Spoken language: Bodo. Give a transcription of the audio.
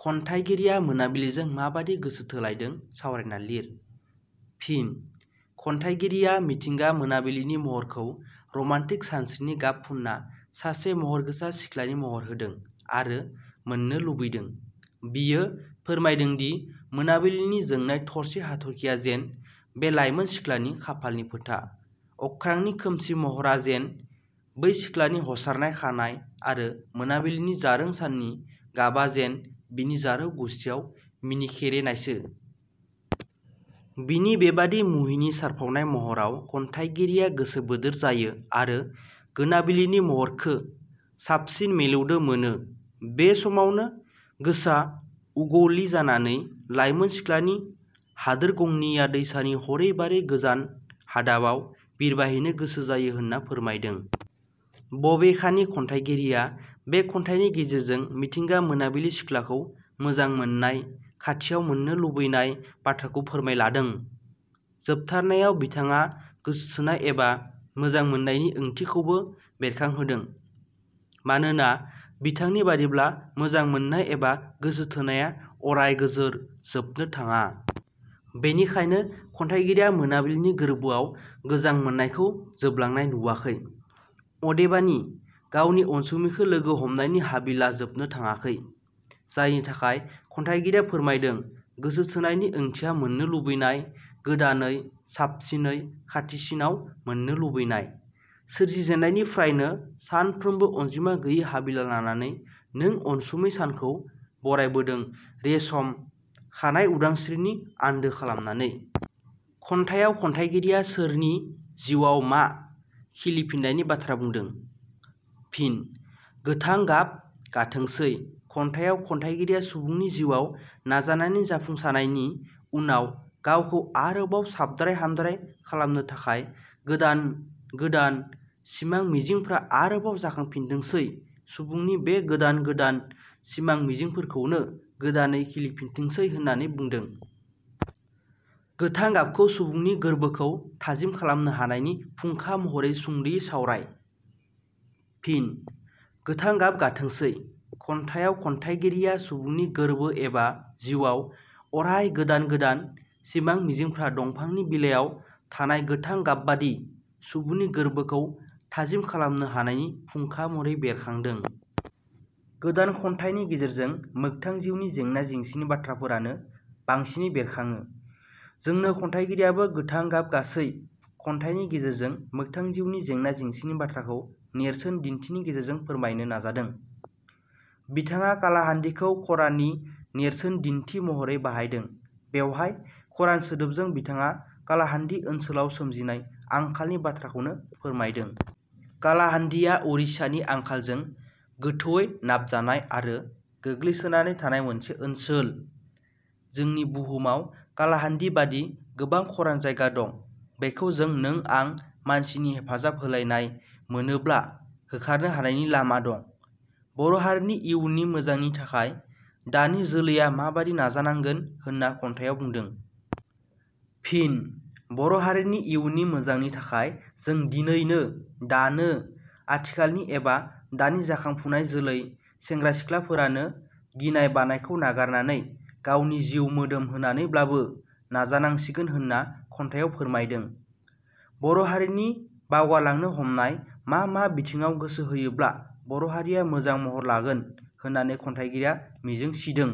खन्थाइगिरिया मोनाबिलिजों माबादि गोसो थोलायदों सावरायना लिर। फिनः खन्थाइगिरिया मिथिंगा गोनाबिलिनि महरखौ रमान्टिक सानस्रिनि गाब फुनना सासे गहरगोसा सिख्लानि महर होदों आरो मोननो लुबैदों बियो फोरमायदोंदि मोनाबिलिनि जोंनाय थरसे हाथर्खिया जेन 'बे लाइमोन सिख्लानि खाफालनि फोथा, अख्रांनि खोमसि महरा जेन' बै सिख्लानि हसारनाय खानाय आरो गोनाबिलिनि जारों साननि गाबा जेन बिनि जारौ गुस्थियाव मिनिखेरेनायसो। बिनि बेबादि मुहिनि सारफावनाय महराव खन्थाइगिरिया गोसो बोदोर जायो आरो गोनाबिलिनि महरखो साबसिन मेलेवदो मोनो बे समावनो गोसा उगवलि जानानै लाइमोन सिख्लानि हादोर गंनिया दैसानि हरै बारै गोजान हादाबाव बिरबायहैनो गोसो जायो होनना फोरमायदों। बबेखानि खन्थाइगिरिया बे खन्थाइनि गेजेरजों मिथिंगा मोनाबिलि सिख्लाखौ मोजां मोननाय खाथियाव मोननो लुबैनाय बाथ्राखौ फोरमायलादों। जोबथारनायाव बिथांङा गोसोथोनाय एबा मोजां मोननायनि ओंथिखौबो बेरखांहोदों। मानोना बिथांनि बादिब्ला मोजां मोननाय एबा गोसो थोनाया अराय गोजोर जोबनो थांङा। बेनिखायनो खन्थाइगिरिया मोनाबिलिनि गोरबोआव गोजां मोननायखौ जोबलांनाय नुवाखै। अदेबानि गावनि अनसुमैखो लोगो हमनायनि हाबिला जोबनो थाङाखै। जायनि थाखाय खन्थाइगिरिया फोरमायदों गोसोथोनायनि ओंथिया मोननो लुबैनाय, गोदानै, साबसिनै, खाथिसिनाव मोननो लुबैनाय। सोरजि जेननायनिफ्रायनो सानफ्रोमबो अनजिमा गैयि हाबिला लानानै नों अनसुमै सानखौ बरायबोदों रेसम खानायउदांस्रिनि आन्दो खालामनानै। खन्थाइयाव खन्थाइगिरिया सोरनि जिवाव मा खिलिफिननायनि बाथ्रा बुंदों? फिन: गोथां गाब गाथोंसै खन्थाइयाव खन्थाइगिरिया सुबुंनि जिउवाव नाजानानै जाफुंसानायनि उनाव गावखौ आरोबाव साबद्राय हामद्राय खालामनो थाखाय गोदान गोदोन सिमां मिजिंफ्रा आरोबाव जाखांफिनथोंसै, सुबुंनि बे गोदान गोदान सिमां मिजिंफोरखौनो गोदानै खिलिफिनथोंसै होननानै बुंदों। गोथां गाबखौ सुबुंनि गोरबोखौ थाजिम खालामनो हानायनि फुंखा महरै सुंदयै सावराय? फिन: 'गोथां गाब गाथोंसै' खन्थाइयाव खन्थाइगिरिया सुबुंनि गोरबो एबा जिउवाव अराय गोदान गोदान सिमां मिजिंफ्रां दंफांनि बिलायाव थानाय गोथां गाबबादि सुबुंनि गोरबोखौ थाजिम खालामनो हानायनि फुंखा महरै बेरखादों। गोदान खन्थाइनि गेजेरजों मोगथां जिउनि जेंना जेंसिनि बाथ्राफोरानो बांसिनै बेरखांङो। जोंनो खन्थाइगिरियाबो गोथां गाब गासै खन्थाइनि गेजेरजों मोगथां जिउनि जेंना जेंसिनि बाथ्राखौ नेरसोन दिन्थिनि गेजेरजों फोरमायनो नाजादों। बिथांङा कालाहान्दिखौ खराननि नेरसेनदिन्थि महरै बाहायदों बेवहाय खरान सोदोबजों बिथांङा कालाहान्दि ओन्सोलाव सोमजिनाय आंखालनि बाथ्राखौनो फोरमायदों। कालाहान्दिया उरिष्यानि आंखालजों गोथौवै नाबजानाय आरो गोग्लैसोनानै थानाय मोनसे ओनसोल। जोंनि बुहुमाव कालाहान्दि बादि, गोबां खरान जायगा दं बेखौ जों नों आं मानसिनि हेफाजाब होलायनाय मोनोब्ला होखारनो हानायनि लामा दं। बर' हारिनि इयुननि मोजांनि थाखाय दानि जोलैया माबादि नाजानांगोन होनना खन्थायाव बुंदों? फिन: बर' हारिनि इउननि मोजांनि थाखाय जों दिनैनो, दानो, आथिखालनि एबा दानि जाखांफुनाय जोलै सेंग्रा-सिख्लाफोरानो गिनाय बानायखौ नागारनानै गावनि जिउ मोदोम होनानैब्लाबो नाजानांसिगोन होनना खन्थाइयाव फोरमायदों। बर' हारिनि बावगारलांनो हमनाय मा मा बिथिंङाव गोसो होयोब्ला बर' हारिया मोजां महर लागोन होननानै खन्थाइगिरिया मिजिं सिदों?